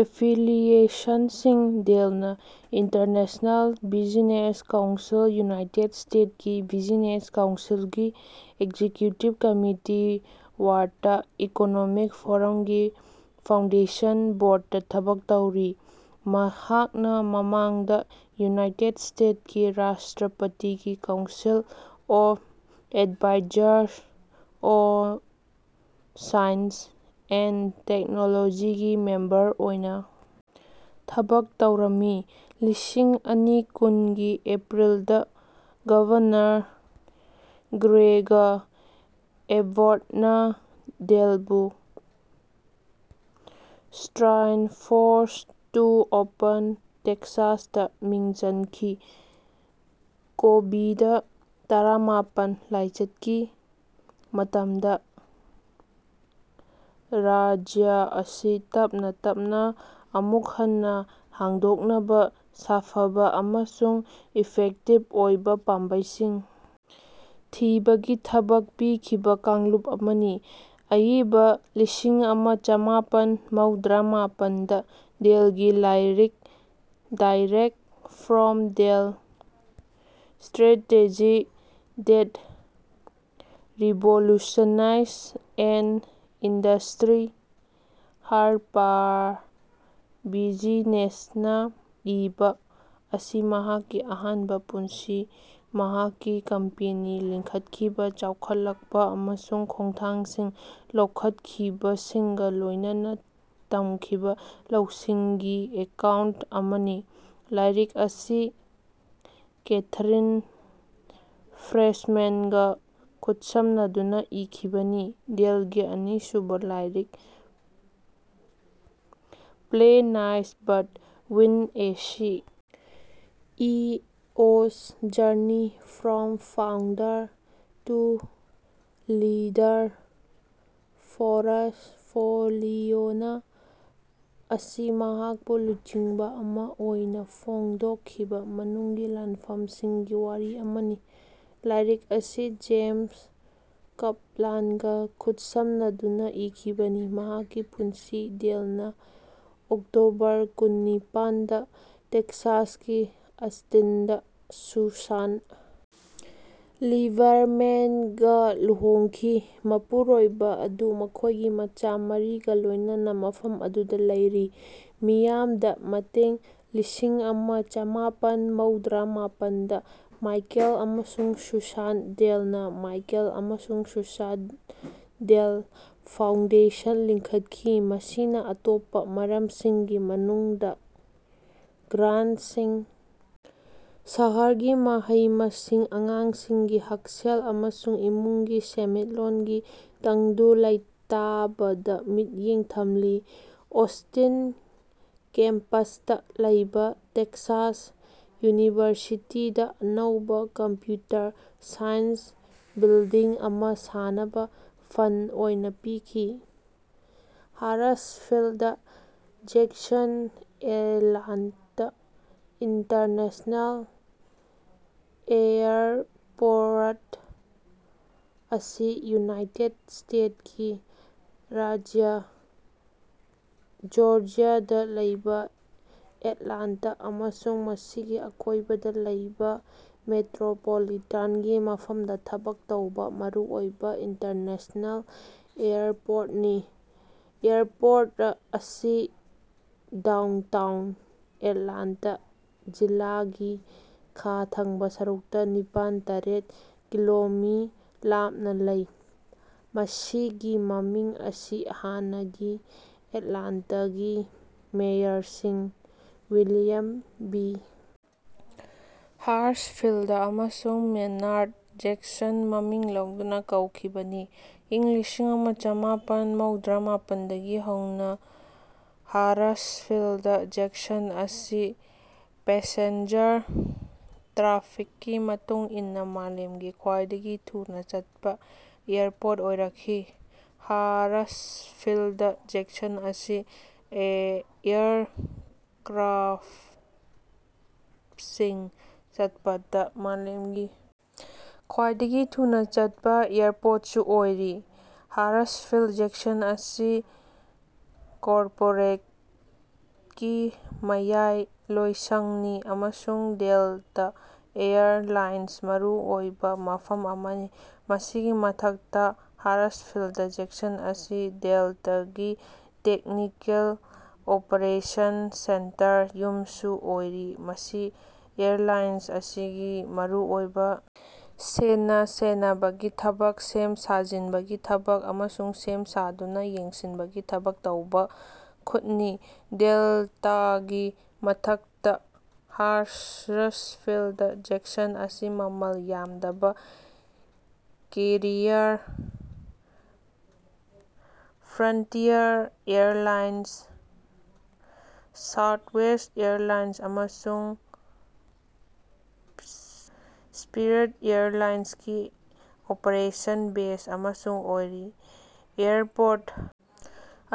ꯑꯦꯐꯤꯂꯤꯌꯦꯁꯟꯁꯤꯡ ꯗꯦꯜꯅꯥ international business council United state ꯀꯤ business ꯀꯥꯎꯟꯁꯤꯜꯒꯤ ꯑꯦꯛꯖꯤꯀ꯭ꯌꯨꯇꯤꯕ ꯀꯝꯃꯤꯇꯤ ꯋꯥꯔꯠꯇ ꯏꯀꯣꯅꯣꯃꯤꯛ ꯐꯣꯔꯝꯒꯤ ꯐꯥꯎꯟꯗꯦꯁꯟ ꯕꯣꯔꯗꯇꯥ ꯊꯕꯛ ꯇꯧꯔꯤ꯫ ꯃꯍꯥꯛꯅꯥ ꯃꯃꯥꯡꯗꯥ ꯌꯨꯅꯥꯏꯇꯦꯠ ꯁ꯭ꯇꯦꯠꯀꯤ ꯔꯥꯁꯇ꯭ꯔꯄꯇꯤꯒꯤ Council of advisers on science and ꯇꯦꯛꯅꯣꯂꯣꯖꯤꯒꯤ ꯃꯦꯝꯕꯔ ꯑꯣꯏꯅꯥ ꯊꯕꯛ ꯇꯧꯔꯝꯃꯤ꯫ ꯂꯤꯁꯤꯡ ꯑꯅꯤ ꯀꯨꯟꯒꯤ ꯑꯦꯄ꯭ꯔꯤꯜꯗꯥ ꯒꯚꯔꯅꯔ ꯒ꯭ꯔꯦꯒ ꯑꯦꯕꯣꯔ꯭ꯠꯅꯥ ꯗꯦꯜꯕꯨ ꯁ꯭ꯇꯔꯥꯏꯟ ꯐꯣꯔꯁ ꯇꯨ ꯑꯣꯄꯦꯟ ꯇꯦꯛꯁꯥꯁꯇꯥ ꯃꯤꯡ ꯆꯟꯈꯤ ꯀꯣꯕꯤꯗ ꯇꯔꯥꯃꯥꯄꯟ ꯂꯥꯏꯆꯠꯀꯤ ꯃꯇꯝꯗꯥ ꯔꯥꯖ꯭ꯌ ꯑꯁꯤ ꯇꯞꯅꯥ ꯇꯞꯅꯥ ꯑꯃꯨꯛ ꯍꯟꯅꯥ ꯍꯥꯡꯗꯣꯛꯅꯕꯥ ꯁꯥꯐꯕꯥ ꯑꯃꯁꯨꯡ ꯏꯐꯦꯛꯇꯤꯚ ꯑꯣꯏꯕꯥ ꯄꯥꯝꯕꯩꯁꯤꯡ ꯊꯤꯕꯒꯤ ꯊꯕꯛ ꯄꯤꯈꯤꯕꯥ ꯀꯥꯡꯂꯨꯞ ꯑꯃꯅꯤ꯫ ꯑꯏꯕ ꯂꯤꯁꯤꯡ ꯑꯃ ꯆꯃꯥꯄꯟ ꯃꯧꯗ꯭ꯔꯥ ꯃꯥꯄꯟꯗꯥ ꯗꯦꯜꯒꯤ ꯂꯥꯏꯔꯤꯛ direct from Dell strategising That Revolutionize an Industry ꯍꯥꯔꯄꯔꯕꯤꯖꯤꯅꯦꯁꯅꯥ ꯏꯕꯥ ꯑꯁꯤ ꯃꯍꯥꯛꯀꯤ ꯑꯍꯥꯟꯕꯥ ꯄꯨꯟꯁꯤ ꯃꯍꯥꯛꯀꯤ ꯀꯝꯄꯦꯅꯤ ꯂꯤꯡꯈꯠꯈꯤꯕꯥ ꯆꯥꯎꯈꯠꯂꯛꯄꯥ ꯑꯃꯁꯨꯡ ꯈꯣꯡꯊꯥꯡꯁꯤꯡ ꯂꯧꯈꯠꯈꯤꯕꯁꯤꯡꯒꯥ ꯂꯣꯏꯅꯅꯥ ꯇꯝꯈꯤꯕꯥ ꯂꯧꯁꯤꯡꯒꯤ ꯑꯦꯀꯥꯎꯟꯠ ꯑꯃꯅꯤ꯫ ꯂꯥꯏꯔꯤꯛ ꯑꯁꯤ ꯀꯦꯊꯔꯤꯟ ꯐ꯭ꯔꯦꯁꯃꯦꯟꯒꯥ ꯈꯨꯠꯁꯝꯅꯗꯨꯅꯥ ꯏꯈꯤꯕꯅꯤ꯫ ꯗꯦꯜꯒꯤ ꯑꯅꯤꯁꯨꯕꯥ ꯂꯥꯏꯔꯤꯛ play nice but win a C. E. O's Journey from Founder to Leader ꯐ‌ꯣꯔꯁꯐꯣꯂꯤꯑꯣꯅꯥ ꯑꯁꯤ ꯃꯍꯥꯛꯄꯨ ꯂꯨꯆꯤꯡꯕ ꯑꯃꯥ ꯑꯣꯏꯅꯥ ꯐꯣꯡꯗꯣꯛꯈꯤꯕꯥ ꯃꯅꯨꯡꯒꯤ ꯂꯥꯟꯐꯝꯁꯤꯡꯒꯤ ꯋꯥꯔꯤ ꯑꯃꯅꯤ꯫ ꯂꯥꯏꯔꯤꯛ ꯑꯁꯤ ꯖꯦꯝꯁ ꯀꯞꯂꯥꯟꯒꯥ ꯈꯨꯠꯁꯝꯅꯗꯨꯅꯥ ꯏꯈꯤꯕꯅꯤ꯫ ꯃꯍꯥꯛꯀꯤ ꯄꯨꯟꯁꯤ ꯗꯦꯜꯅꯥ ꯑꯣꯛꯇꯣꯕꯔ ꯀꯨꯟꯅꯤꯄꯥꯟ ꯗꯥ ꯇꯦꯛꯁꯥꯁꯀꯤ ꯑꯁꯇꯤꯟꯗꯥ ꯁꯨꯁꯥꯟ ꯂꯤꯕꯔꯃꯦꯟꯒꯥ ꯂꯨꯍꯣꯡꯈꯤ ꯃꯄꯨꯔꯣꯏꯕꯥ ꯑꯗꯨ ꯃꯈꯣꯏꯒꯤ ꯃꯆꯥ ꯃꯔꯤꯒꯥ ꯂꯣꯏꯅꯅꯥ ꯃꯐꯝ ꯑꯗꯨꯗꯥ ꯂꯩꯔꯤ꯫ ꯃꯤꯌꯥꯝꯗ ꯃꯇꯦꯡ ꯂꯤꯁꯤꯡ ꯑꯃ ꯆꯃꯥꯄꯟ ꯃꯧꯗ꯭ꯔꯥ ꯃꯥꯄꯟꯗꯥ ꯃꯥꯏꯀꯦꯜ ꯑꯃꯁꯨꯡ ꯁꯨꯁꯥꯟ ꯗꯦꯜꯅꯥ ꯃꯥꯏꯀꯦꯜ ꯑꯃꯁꯨꯡ ꯁꯨꯁꯥꯠ ꯗꯦꯜ ꯐꯥꯎꯟꯗꯦꯁꯟ ꯂꯤꯡꯈꯠꯈꯤ ꯃꯁꯤꯅꯥ ꯑꯇꯣꯞꯄꯥ ꯃꯔꯝꯁꯤꯡꯒꯤ ꯃꯅꯨꯡꯗꯥ ꯒ꯭ꯔꯥꯟꯠꯁꯤꯡ ꯁꯍꯔꯒꯤ ꯃꯍꯩ ꯃꯁꯤꯡ ꯑꯉꯥꯡꯁꯤꯡꯒꯤ ꯍꯛꯁꯦꯜ ꯑꯃꯁꯨꯡ ꯏꯃꯨꯡꯒꯤ ꯁꯦꯟꯃꯤꯠꯂꯣꯟꯒꯤ ꯇꯪꯗꯨ ꯂꯩꯇꯥꯕꯗꯥ ꯃꯤꯠꯌꯦꯡ ꯊꯝꯂꯤ꯫ ꯑꯣꯁꯇꯤꯟ ꯀꯦꯝꯄꯁꯇꯥ ꯂꯩꯕꯥ ꯇꯦꯛꯁꯥꯁ ꯌꯨꯅꯤꯚꯔꯁꯤꯇꯤꯗꯥ ꯑꯅꯧꯕꯥ ꯀꯝꯄ꯭ꯌꯨꯇꯔ ꯁꯥꯏꯟꯁ ꯕꯤꯜꯗꯤꯡ ꯑꯃꯥ ꯁꯥꯅꯕꯥ ꯐꯟꯗ ꯑꯣꯏꯅꯥ ꯄꯤꯈꯤ꯫ Hartsfield Jackson Atlanta International Airport ꯑꯁꯤ ꯌꯨꯅꯥꯏꯇꯦꯠ ꯁ꯭ꯇꯦꯠꯀꯤ ꯔꯥꯖ꯭ꯌ ꯖꯣꯔꯖ꯭ꯌꯥꯗ ꯂꯩꯕ ꯑꯦꯠꯂꯥꯟꯇ ꯑꯃꯁꯨꯡ ꯃꯁꯤꯒꯤ ꯑꯀꯣꯏꯕꯗ ꯂꯩꯕ ꯃꯦꯇ꯭ꯔꯣꯄꯣꯂꯤꯇꯥꯟꯒꯤ ꯃꯐꯝꯗ ꯊꯕꯛ ꯇꯧꯕ ꯃꯔꯨꯑꯣꯏꯕ ꯏꯟꯇꯔꯅꯦꯁꯅꯦꯜ ꯑꯦꯌꯔꯄꯣꯔ꯭ꯠꯅꯤ꯫ ꯑꯦꯌꯔꯄꯣꯔꯠ ꯑꯁꯤ ꯗꯥꯎꯟꯇꯥꯎꯟ ꯑꯦꯠꯂꯥꯟꯇꯥ ꯖꯤꯂꯥꯒꯤ ꯈꯥ ꯊꯪꯕ ꯁꯔꯨꯛꯇ ꯅꯤꯄꯥꯟ ꯇꯔꯦꯠ ꯀꯤꯂꯣꯃꯤ ꯂꯥꯞꯅ ꯂꯩ꯫ ꯃꯁꯤꯒꯤ ꯃꯃꯤꯡ ꯑꯁꯤ ꯍꯥꯟꯅꯒꯤ ꯑꯦꯠꯂꯥꯟꯇꯥꯒꯤ ꯃꯦꯌꯔꯁꯤꯡ ꯋꯤꯂꯤꯌꯝ ꯕꯤ. ꯍꯥꯔꯁꯐꯤꯜꯗ ꯑꯃꯁꯨꯡ ꯃꯦꯅꯥꯔ꯭ꯗ ꯖꯦꯛꯁꯟ ꯃꯃꯤꯡ ꯂꯧꯗꯨꯅ ꯀꯧꯈꯤꯕꯅꯤ꯫ ꯏꯪ ꯂꯤꯁꯤꯡ ꯑꯃ ꯆꯃꯥꯄꯟ ꯃꯧꯗ꯭ꯔꯥ ꯃꯥꯄꯟꯗꯒꯤ ꯍꯧꯅ ꯍꯥꯔꯁꯐꯤꯜꯗ ꯖꯦꯛꯁꯟ ꯑꯁꯤ ꯄꯦꯁꯦꯟꯖꯔ ꯇ꯭ꯔꯥꯐꯤꯛꯀꯤ ꯃꯇꯨꯡ ꯏꯟꯅ ꯃꯥꯂꯦꯝꯒꯤ ꯈ꯭ꯋꯥꯏꯗꯒꯤ ꯊꯨꯅ ꯆꯠꯄ ꯑꯦꯌꯔꯄꯣꯔ꯭ꯠ ꯑꯣꯏꯔꯛꯈꯤ꯫ ꯍꯥꯔꯁꯐꯤꯜꯗ ꯖꯦꯛꯁꯟ ꯑꯁꯤ ꯑꯦꯌꯔꯀ꯭ꯔꯥꯐꯁꯤꯡ ꯆꯠꯄꯗ ꯃꯥꯂꯦꯝꯒꯤ ꯈ꯭ꯋꯥꯏꯗꯒꯤ ꯊꯨꯅ ꯆꯠꯄ ꯑꯦꯌꯔꯄꯣꯔ꯭ꯠꯁꯨ ꯑꯣꯏꯔꯤ꯫ ꯍꯥꯔꯁꯐꯤꯜ ꯖꯦꯛꯁꯟ ꯑꯁꯤ ꯀꯣꯔꯄꯣꯔꯦꯠꯀꯤ ꯃꯌꯥꯏꯂꯣꯏꯁꯪꯅꯤ ꯑꯃꯁꯨꯡ ꯗꯦꯜꯇꯥ ꯑꯦꯌꯔ ꯂꯥꯏꯟꯁ ꯃꯔꯨꯑꯣꯏꯕ ꯃꯐꯝ ꯑꯃꯅꯤ꯫ ꯃꯁꯤꯒꯤ ꯃꯊꯛꯇ ꯍꯥꯔꯁꯐꯤꯜꯗ ꯖꯦꯛꯁꯟ ꯑꯁꯤ ꯗꯦꯜꯇꯥꯒꯤ ꯇꯦꯛꯅꯤꯀꯦꯜ ꯑꯣꯄꯔꯦꯁꯟ ꯁꯦꯟꯇꯔ ꯌꯨꯝꯁꯨ ꯑꯣꯏꯔꯤ ꯃꯁꯤ ꯑꯦꯌꯔꯂꯥꯏꯟ ꯑꯁꯤꯒꯤ ꯃꯔꯨ ꯑꯣꯏꯕ ꯁꯦꯟꯅ ꯁꯦꯟꯅꯕꯒꯤ ꯊꯕꯛ ꯁꯦꯝ ꯁꯥꯖꯤꯟꯕꯒꯤ ꯊꯕꯛ ꯑꯃꯁꯨꯡ ꯁꯦꯝ ꯁꯥꯗꯨꯅ ꯌꯦꯡꯁꯤꯟꯕꯒꯤ ꯊꯕꯛ ꯇꯧꯕ ꯈꯨꯠꯅꯤ꯫ ꯗꯦꯜꯇꯥꯒꯤ ꯃꯊꯛꯇ ꯍꯥꯔꯁꯔꯁꯐꯤꯜꯗ ꯖꯦꯛꯁꯟ ꯑꯁꯤ ꯃꯃꯜ ꯌꯥꯝꯗꯕ carrier Frontier Airlines Southwest Airlines ꯑꯃꯁꯨꯡ ꯁ꯭ꯄꯤꯔꯠ ꯑꯦꯌꯔꯂꯥꯏꯟꯒꯤ ꯑꯣꯄꯔꯦꯁꯟ ꯕꯦꯖ ꯑꯃꯁꯨ ꯑꯣꯏꯔꯤ꯫ ꯑꯦꯌꯔꯄꯣꯔ꯭ꯠ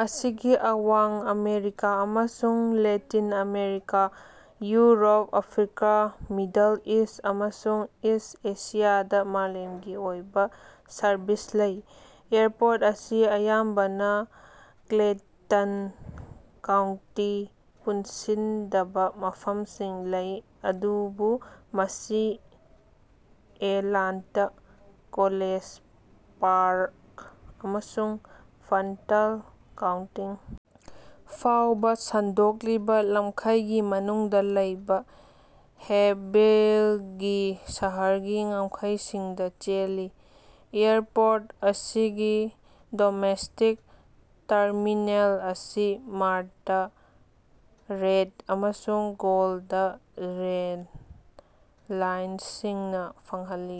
ꯑꯁꯤꯒꯤ ꯑꯋꯥꯡ ꯑꯃꯦꯔꯤꯀꯥ ꯑꯃꯁꯨꯡ Latin America Europe Africa Middle East ꯑꯃꯁꯨꯡ ꯏꯁꯠ ꯑꯦꯁꯤꯌꯥꯗ ꯃꯥꯂꯦꯝꯒꯤ ꯑꯣꯏꯕ ꯁꯔꯕꯤꯁ ꯂꯩ꯫ ꯑꯦꯌꯔꯄꯣꯔ꯭ꯠ ꯑꯁꯤ ꯑꯌꯥꯝꯕꯅ ꯀ꯭ꯂꯦꯇꯟ ꯀꯥꯎꯟꯇꯤ ꯄꯨꯟꯁꯤꯟꯗꯕ ꯃꯐꯝꯁꯤꯡ ꯂꯩ ꯑꯗꯨꯕꯨ ꯃꯁꯤ ꯑꯦꯠꯂꯥꯟꯇꯥ ꯀꯣꯂꯦꯖ ꯄꯥꯔꯛ ꯑꯃꯁꯨꯡ ꯐꯟꯇꯜ ꯀꯥꯎꯟꯇꯤꯡ ꯐꯥꯎꯕ ꯁꯟꯗꯣꯛꯂꯤꯕ ꯂꯝꯈꯩꯒꯤ ꯃꯅꯨꯡꯗ ꯂꯩꯕ ꯍꯦꯞꯚꯤꯜꯒꯤ ꯁꯍꯔꯒꯤ ꯉꯝꯈꯩꯁꯤꯡꯗ ꯆꯦꯜꯂꯤ꯫ ꯑꯦꯌꯔꯄꯣꯔ꯭ꯠ ꯑꯁꯤꯒꯤ ꯗꯣꯃꯦꯁꯇꯤꯛ ꯇꯔꯃꯤꯅꯦꯜ ꯑꯁꯤ ꯃꯥꯔꯇꯥ ꯔꯦꯠ ꯑꯃꯁꯨꯡ ꯒꯣꯜꯗ ꯔꯦꯟ ꯂꯥꯏꯟꯁꯤꯡꯅ ꯐꯪꯍꯜꯂꯤ꯫